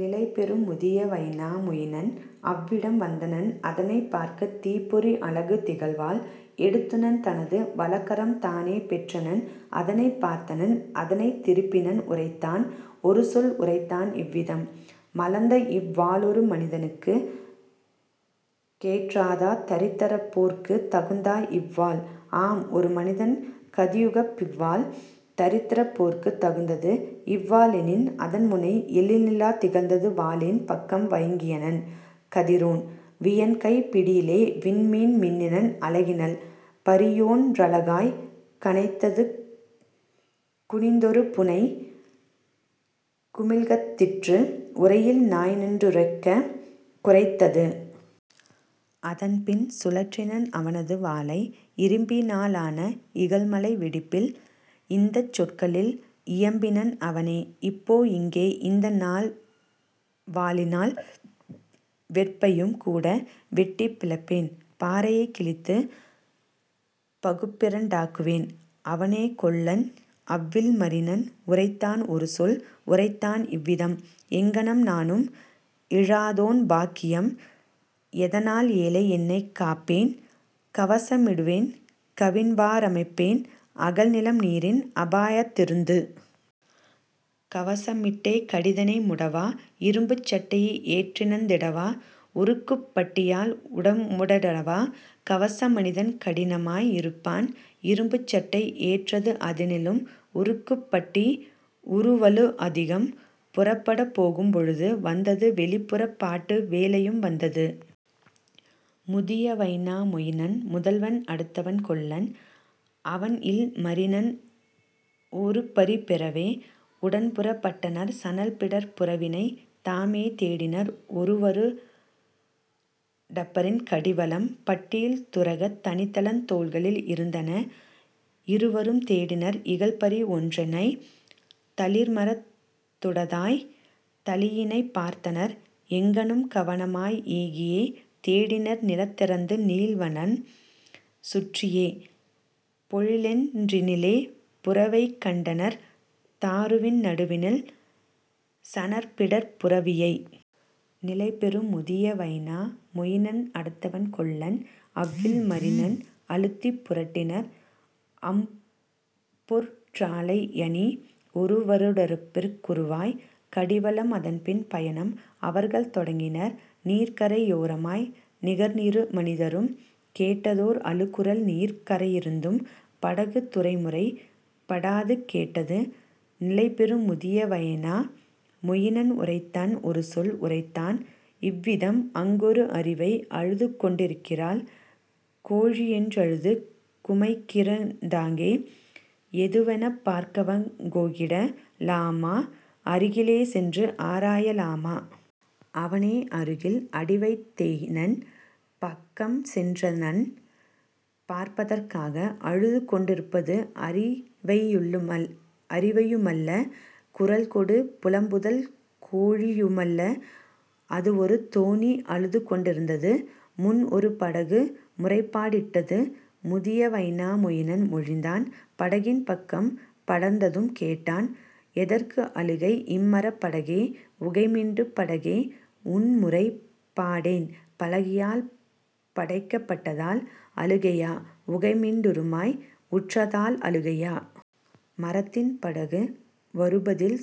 நிலைபெறும் முதிய வைனா மொயினன்। அவ்விடம் வந்தனன் அதனைப் பார்க்க தீப்பொறி அலகு திகழ்வாள் எடுத்தனன் தனது வலக்கரம் தானே பெற்றனன் அதனைப் பார்த்தனன் அதனைத் திருப்பினன் உரைத்தான் ஒருசொல் உரைத்தான் இவ்விதம்: "மலர்ந்தஇவ் வாளொரு மனிதனுக் கேற்றதா தரித்திருப் போற்குத் தகுந்ததா இவ்வாள்? " ஆம், ஒரு மனிதனுக் கதியுகப் பிவ்வாள் தரித்திரிப் போற்குத் தகுந்தது இவ்வாள் ஏனெனில் அதன்முனை எழில்நிலாத் திகழ்ந்தது வாளின் பக்கம் வயங்கினன் கதிரோன் வியன்கைப் பிடியிலே விண்மீன் மின்னின அலகினில் பரியொன் றழகாய்க் கனைத்தது குனிந் தொருபுனை குமிழ்கத் திற்று உறையில் நாய்நின் றுரக்கக் குரைத்தது. அதன்பின் சுழற்றினன் அவனது வாளை இரும்பினா லான இகல்மலை வெடிப்பில் இந்தச் சொற்களில் இயம்பினன் அவனே: "இப்போ இங்கே இந்தநல் வாளினால் வெற்பையும் கூட வெட்டிப் பிளப்பேன் பாறையைக் கிழித்துப் பகுப்பிரண் டாக்குவேன். " அவனே கொல்லன் அவ்வில் மரினன் உரைத்தான் ஒருசொல் உரைத்தான் இவ்விதம்: "எங்ஙனம் நானும் இலாதோன் பாக்கியம் எதனால் ஏழை என்னைக் காப்பேன் கவச மிடுவேன் கவின்வா ரமைப்பேன் அகல்நிலம் நீரின் அபாயத் திருந்து? கவச மிட்டே கடிதெனை மூடவா இரும்புச் சட்டையை ஏற்றணிந் திடவா உருக்குப் பட்டியால் உடன்மூ டிடவா? கவச மனிதன் கடினமாய் இருப்பான் இரும்புச் சட்டை ஏற்றது அதனிலும் உருக்குப் பட்டி உறுவலு அதிகம். " புறப்படப் போகும் பொழுதும் வந்தது வெளிப்புறப் பாட்டு வேளையும் வந்தது முதிய வைனா மொயினன் முதல்வன் அடுத்தவன் கொல்லன் அவன்இல் மரினன் ஒருபரி பெறவே உடன்புறப் பட்டனர் சணல்பிடர்ப் புரவியைத் தாமே தேடினர் ஒருவரு டப்பரிக் கடிவளம் பட்டியில் துரகத் தணிகலன் தோள்களில் இருந்தன இருவரும் தேடினர் இகல்பரி ஒன்றினை தளிர்மரத் தூடாய்த் தலையினைப் பார்த்தனர் எங்ஙணும் கவனமாய் ஏகியே தேடினர் நீல நிறத்து நீள்வனம் சுற்றியே; பொழிலொன் றினிலே புரவியைக் கண்டனர் தாருவின் நடுவினில் சணற்பிடர்ப் புரவியை. நிலைபெறும் முதிய வைனா மொயினன் அடுத்தவன் கொல்லன் அவ்வில் மரினன் அழுத்திப் புட்டினர் அம்பொற் றலையணி ஒருவரு டப்பரிக் குறுவாய்க் கடிவளம் அதன்பின் பயணம் அவர்கள் தொடங்கினர் நீர்க்கரை யோரமாய் நிகர்இரு மனிதரும் கேட்டதோர் அழுகுரல் நீர்க் கரையிருந்து படகுத் துறைமுறைப் பாடது கேட்டது. நிலைபெறும் முதிய வைனா மொயினன் உரைத்தான் ஒருசொல் உரைத்தான் இவ்விதம்: "அங்கொரு அரிவை அழுதுகொண் டிருக்கிறாள் கோழியொன் றழுது குமைகிற தங்கே எதுவெனப் பார்க்கவங் கேகிட லாமா அருகிலே சென்று ஆராய லாமா? " அவனே அருகில் அடிவைத் தேகினன் பக்கம் சென்றனன் பார்ப்பதற் காக; அழுதுகொண் டிருப்பது அரிவையு மல்ல குரல்கொடு புலம்புதல் கோழியு மல்ல; அதுஒரு தோணி அழுதுகொண் டிருந்தது முன்ஒரு படகு முறைப்பா டிட்டது. முதிய வைனா மொயினன் மொழிந்தான் படகின் பக்கம் படர்ந்ததும் கேட்டான்: "எதற்கு அழுகை இரும்மரப் படகே உகைமிண்டுப் படகே உன்முறைப் பாடேன் பலகையால் படைக்கப் பட்டதால் அழுகையா உகைமிண் டுரமாய் உற்றதால் அழுகையா? " மரத்தின் படகு வருபதில்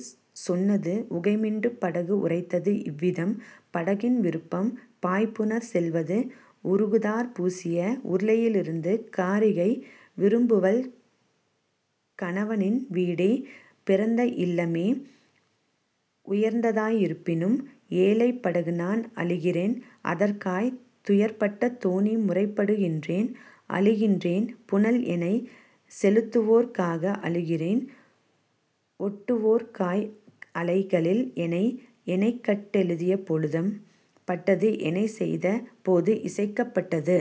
சொன்னது உகைமிண்டுப் படகு உரைத்தது இவ்விதம்: "படகின் விருப்பம் பாய்புனற் செல்வது உருகு தார் புசிய உருளையி லிருந்து காரிகை விரும்புவள் கணவனின் வீடே பிறந்த இல்லமே உயர்ந்ததா யிருப்பினும்; ஏழைப் படகுநான் அழுகிறேன் அதற்காய் துயர்ப்பட்ட தோணி முறைப்படு கின்றேன் அழுகிறேன் புனல்எனைச் செலுத்துவோற் காக அழுகிறேன் ஓட்டுவோற் காய்அலை களில்எனை. எனைக்கட் டியபொழு தியம்பப் பட்டது எனைச்செய்த போது இசைக்கப் பட்டது